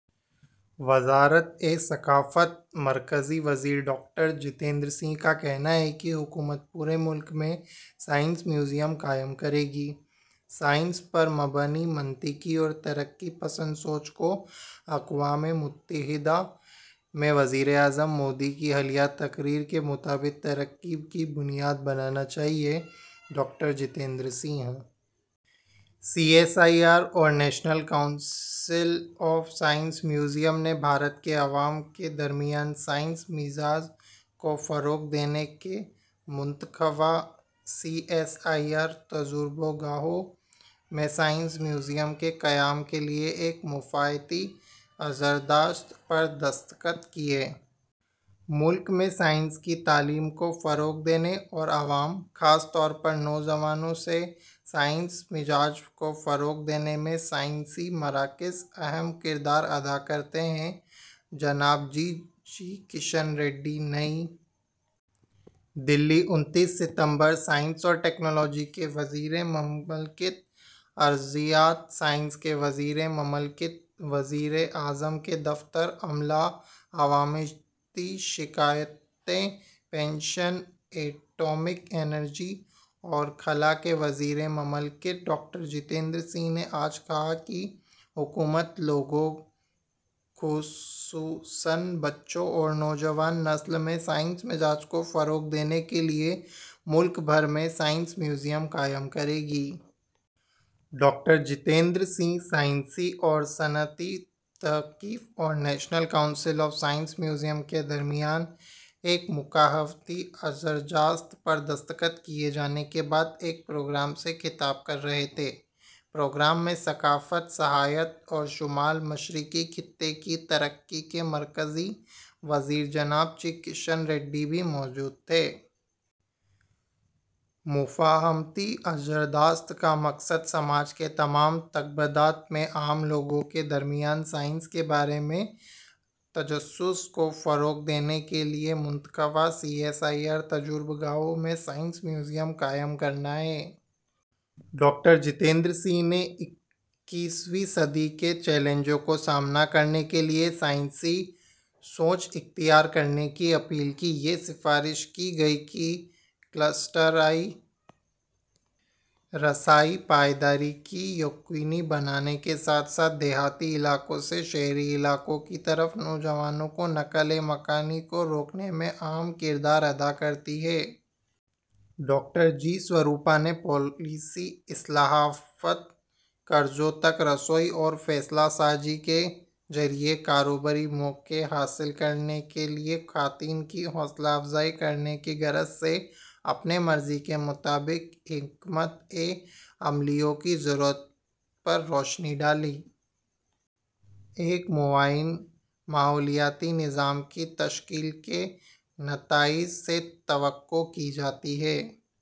وزارتِ ثقافت مرکزی وزیر ڈاکٹر جتیندر سنگھ کا کہنا ہے کہ حکومت پورے ملک میں سائنس میوزیم قائم کرے گی۔ سائنس پر مبنی، منطقی اور ترقی پسند سوچ کو اقوام متحدہ میں وزیر اعظم مودی کی حالیہ تقریر کے مطابق ترقی کی بنیاد بنانا چاہیے: doctor Jitendra Singh. C S I R اور national council of science museum نے بھارت کے عوام کے درمیان سائنسی مزاج کو فروغ دینے کے لیے منتخبہ سی ایس آئی آر تجربہ گاہوں میں سائنس میوزیم کے قیام کے لیے ایک مفاہمتی عرضداشت پر دستخط کیے۔ ملک میں سائنس کی تعلیم کو فروغ دینے اور عوام، خاص طور پر نوجوانوں میں سائنسی مزاج کو فروغ دینے میں سائنسی مراکز اہم کردار ادا کرتے ہیں: جناب جی کشن ریڈی۔ نئی دہلی، انتیس ستمبر: سائنس اور ٹیکنالوجی کے وزیر مملکت، ارضیاتی سائنسز کے وزیر مملکت، وزیر اعظم کے دفتر، عملہ، عوامی شکایات، پنشن، ایٹمی توانائی اور خلاء کے وزیر مملکت، ڈاکٹر جتیندر سنگھ نے آج کہا کہ حکومت لوگوں، خصوصاً بچوں اور نوجوان نسل میں سائنسی مزاج کو فروغ دینے کے لیے ملک بھر میں سائنس میوزیم قائم کرے گی۔ ڈاکٹر جتیندر سنگھ سائنسی اور صنعتی تحقیق اور national council of science museum کے درمیان ایک مفاہمتی عرضداشت پر دستخط کیے جانے کے بعد ایک پروگرام سے خطاب کر رہے تھے۔ پروگرام میں ثقافت، سیاحت اور شمال مشرقی خطے کی ترقی کے مرکزی وزیر جناب جی کشن ریڈی بھی موجود تھے۔ مفاہمتی عرضداشت کا مقصد سماج کے تمام طبقات میں عام لوگوں کے درمیان سائنس کے بارے میں تجسس کو فروغ دینے کے لیے منتخبہ سی ایس آئی آر تجربہ گاہوں میں سائنس میوزیم قائم کرنا ہے۔ ڈاکٹر جتیندر سنگھ نے اکیسویں صدی کے چیلنجوں کا سامنا کرنے کے لیے سائنسی سوچ اختیار کرنے کی اپیل کی۔ یہ سفارش کی گئی کہ کلسٹر رسائی، پائیداری کو یقینی بنانے کے ساتھ ساتھ دیہی علاقوں سے شہری علاقوں کی طرف نوجوانوں کی نقل مکانی کو روکنے میں اہم کردار ادا کرتی ہے۔ ڈاکٹر جی سواروپا نے پالیسی اصلاحات، قرضوں تک رسائی اور فیصلہ سازی کے ذریعے کاروباری مواقع حاصل کرنے کے لیے خواتین کی حوصلہ افزائی کرنے کی غرض سے اپنی مرضی کے مطابق حکمتِ عملیوں کی ضرورت پر روشنی ڈالی۔ ایک معاون ماحولیاتی نظام کی تشکیل کے نتائج سے توقع کی جاتی ہے۔